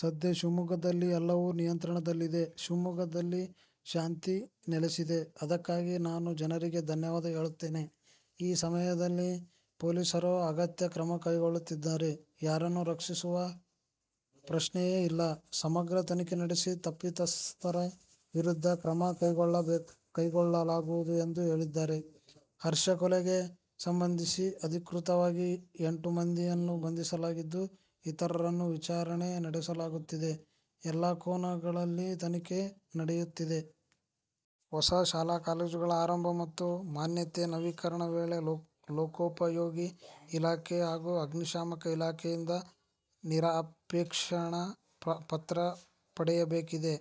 ಸದ್ಯ ಶಿವಮೊಗ್ಗದಲ್ಲಿ ಎಲ್ಲವೂ ನಿಯಂತ್ರಣದಲ್ಲಿದೆ, ಶಿವಮೊಗ್ಗದಲ್ಲಿ ಶಾಂತಿ ನೆಲೆಸಿದೆ. ಅದಕ್ಕಾಗಿ ನಾನು ಜನರಿಗೆ ಧನ್ಯವಾದ ಹೇಳುತ್ತೇನೆ. ಈ ಸಮಯದಲ್ಲಿ ಪೊಲೀಸರು ಅಗತ್ಯ ಕ್ರಮ ಕೈಗೊಳ್ಳುತ್ತಿದ್ದಾರೆ. ಯಾರನ್ನೂ ರಕ್ಷಿಸುವ ಪ್ರಶ್ನೆಯೇ ಇಲ್ಲ, ಸಮಗ್ರ ತನಿಖೆ ನಡೆಸಿ ತಪ್ಪಿತಸ್ಥರ ವಿರುದ್ಧ ಕ್ರಮ ಕೈಗೊಳ್ಳಲಾಗುವುದು ಎಂದು ಹೇಳಿದ್ದಾರೆ. ಹರ್ಷ ಕೊಲೆಗೆ ಸಂಬಂಧಿಸಿ ಅಧಿಕೃತವಾಗಿ ಎಂಟು ಮಂದಿಯನ್ನು ಬಂಧಿಸಲಾಗಿದ್ದು, ಇತರರನ್ನು ವಿಚಾರಣೆ ನಡೆಸಲಾಗುತ್ತಿದೆ, ಎಲ್ಲಾ ಕೋನಗಳಲ್ಲಿ ತನಿಖೆ ನಡೆಯುತ್ತಿದೆ. ಹೊಸ ಶಾಲಾ-ಕಾಲೇಜುಗಳ ಆರಂಭ ಮತ್ತು ಮಾನ್ಯತೆ ನವೀಕರಣ ವೇಳೆ ಲೋಕೋಪಯೋಗಿ ಇಲಾಖೆ ಹಾಗೂ ಅಗ್ನಿಶಾಮಕ ಇಲಾಖೆಯಿಂದ ನಿರಾಪೇಕ್ಷಣ ಪತ್ರ ಪಡೆಯಬೇಕಿದೆ.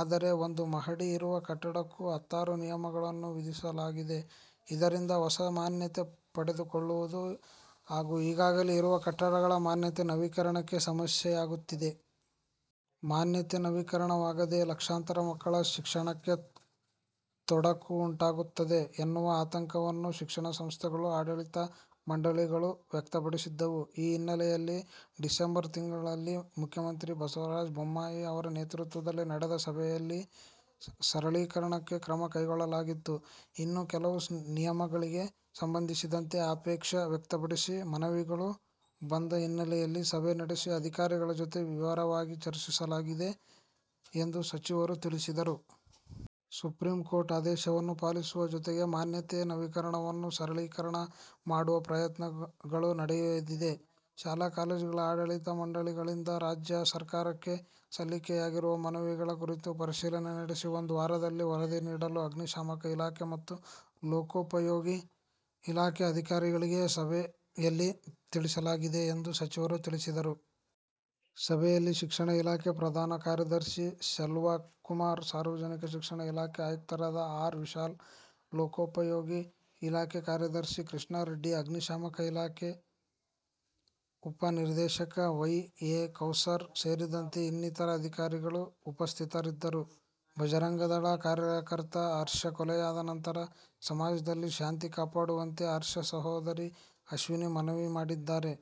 ಆದರೆ, ಒಂದು ಮಹಡಿ ಇರುವ ಕಟ್ಟಡಕ್ಕೂ ಹತ್ತಾರು ನಿಯಮಗಳನ್ನು ವಿಧಿಸಲಾಗಿದೆ. ಇದರಿಂದ ಹೊಸ ಮಾನ್ಯತೆ ಪಡೆದುಕೊಳ್ಳುವುದು ಹಾಗೂ ಈಗಾಗಲೇ ಇರುವ ಕಟ್ಟಡಗಳ ಮಾನ್ಯತೆ ನವೀಕರಣಕ್ಕೆ ಸಮಸ್ಯೆಯಾಗುತ್ತಿದೆ. ಮಾನ್ಯತೆ ನವೀಕರಣವಾಗದೆ ಲಕ್ಷಾಂತರ ಮಕ್ಕಳ ಶಿಕ್ಷಣಕ್ಕೆ ತೊಡಕು ಉಂಟಾಗುತ್ತದೆ ಎನ್ನುವ ಆತಂಕವನ್ನು ಶಿಕ್ಷಣ ಸಂಸ್ಥೆಗಳು, ಆಡಳಿತ ಮಂಡಳಿಗಳು ವ್ಯಕ್ತಪಡಿಸಿದ್ದವು. ಈ ಹಿನ್ನೆಲೆಯಲ್ಲಿ ಡಿಸೆಂಬರ್ ತಿಂಗಳಲ್ಲಿ ಮುಖ್ಯಮಂತ್ರಿ ಬಸವರಾಜ ಬೊಮ್ಮಾಯಿ ಅವರ ನೇತೃತ್ವದಲ್ಲಿ ನಡೆದ ಸಭೆಯಲ್ಲಿ ಸರಳೀಕರಣಕ್ಕೆ ಕ್ರಮ ಕೈಗೊಳ್ಳಲಾಗಿತ್ತು. ಇನ್ನು ಕೆಲವು ನಿಯಮಗಳಿಗೆ ಸಂಬಂಧಿಸಿದಂತೆ ಆಕ್ಷೇಪ ವ್ಯಕ್ತಪಡಿಸಿ ಮನವಿಗಳು ಬಂದ ಹಿನ್ನೆಲೆಯಲ್ಲಿ ಸಭೆ ನಡೆಸಿ ಅಧಿಕಾರಿಗಳ ಜೊತೆ ವಿವರವಾಗಿ ಚರ್ಚಿಸಲಾಗಿದೆ ಎಂದು ಸಚಿವರು ತಿಳಿಸಿದರು. 'ಸುಪ್ರೀಂಕೋರ್ಟ್ ಆದೇಶವನ್ನು ಪಾಲಿಸುವ ಜೊತೆಗೆ ಮಾನ್ಯತೆ ನವೀಕರಣವನ್ನು ಸರಳೀಕರಣ ಮಾಡುವ ಪ್ರಯತ್ನಗಳು ನಡೆದಿವೆ. ಶಾಲಾ-ಕಾಲೇಜುಗಳ ಆಡಳಿತ ಮಂಡಳಿಗಳಿಂದ ರಾಜ್ಯ ಸರ್ಕಾರಕ್ಕೆ ಸಲ್ಲಿಕೆಯಾಗಿರುವ ಮನವಿಗಳ ಕುರಿತು ಪರಿಶೀಲನೆ ನಡೆಸಿ ಒಂದು ವಾರದಲ್ಲಿ ವರದಿ ನೀಡಲು ಅಗ್ನಿಶಾಮಕ ಇಲಾಖೆ ಮತ್ತು ಲೋಕೋಪಯೋಗಿ ಇಲಾಖೆ ಅಧಿಕಾರಿಗಳಿಗೆ ಸಭೆಯಲ್ಲಿ ತಿಳಿಸಲಾಗಿದೆ' ಎಂದು ಸಚಿವರು ತಿಳಿಸಿದರು. ಸಭೆಯಲ್ಲಿ ಶಿಕ್ಷಣ ಇಲಾಖೆ ಪ್ರಧಾನ ಕಾರ್ಯದರ್ಶಿ ಸೆಲ್ವಕುಮಾರ್, ಸಾರ್ವಜನಿಕ ಶಿಕ್ಷಣ ಇಲಾಖೆ ಆಯುಕ್ತರಾದ ಆರ್. ವಿಶಾಲ್, ಲೋಕೋಪಯೋಗಿ ಇಲಾಖೆ ಕಾರ್ಯದರ್ಶಿ ಕೃಷ್ಣಾರೆಡ್ಡಿ, ಅಗ್ನಿಶಾಮಕ ಇಲಾಖೆ ಉಪ ನಿರ್ದೇಶಕ ವೈ. ಎ. ಕೌಸರ್ ಸೇರಿದಂತೆ ಇನ್ನಿತರ ಅಧಿಕಾರಿಗಳು ಉಪಸ್ಥಿತರಿದ್ದರು. ಬಜರಂಗದಳ ಕಾರ್ಯಕರ್ತ ಹರ್ಷ ಕೊಲೆಯಾದ ನಂತರ ಸಮಾಜದಲ್ಲಿ ಶಾಂತಿ ಕಾಪಾಡುವಂತೆ ಹರ್ಷ ಸಹೋದರಿ ಅಶ್ವಿನಿ ಮನವಿ ಮಾಡಿದ್ದಾರೆ.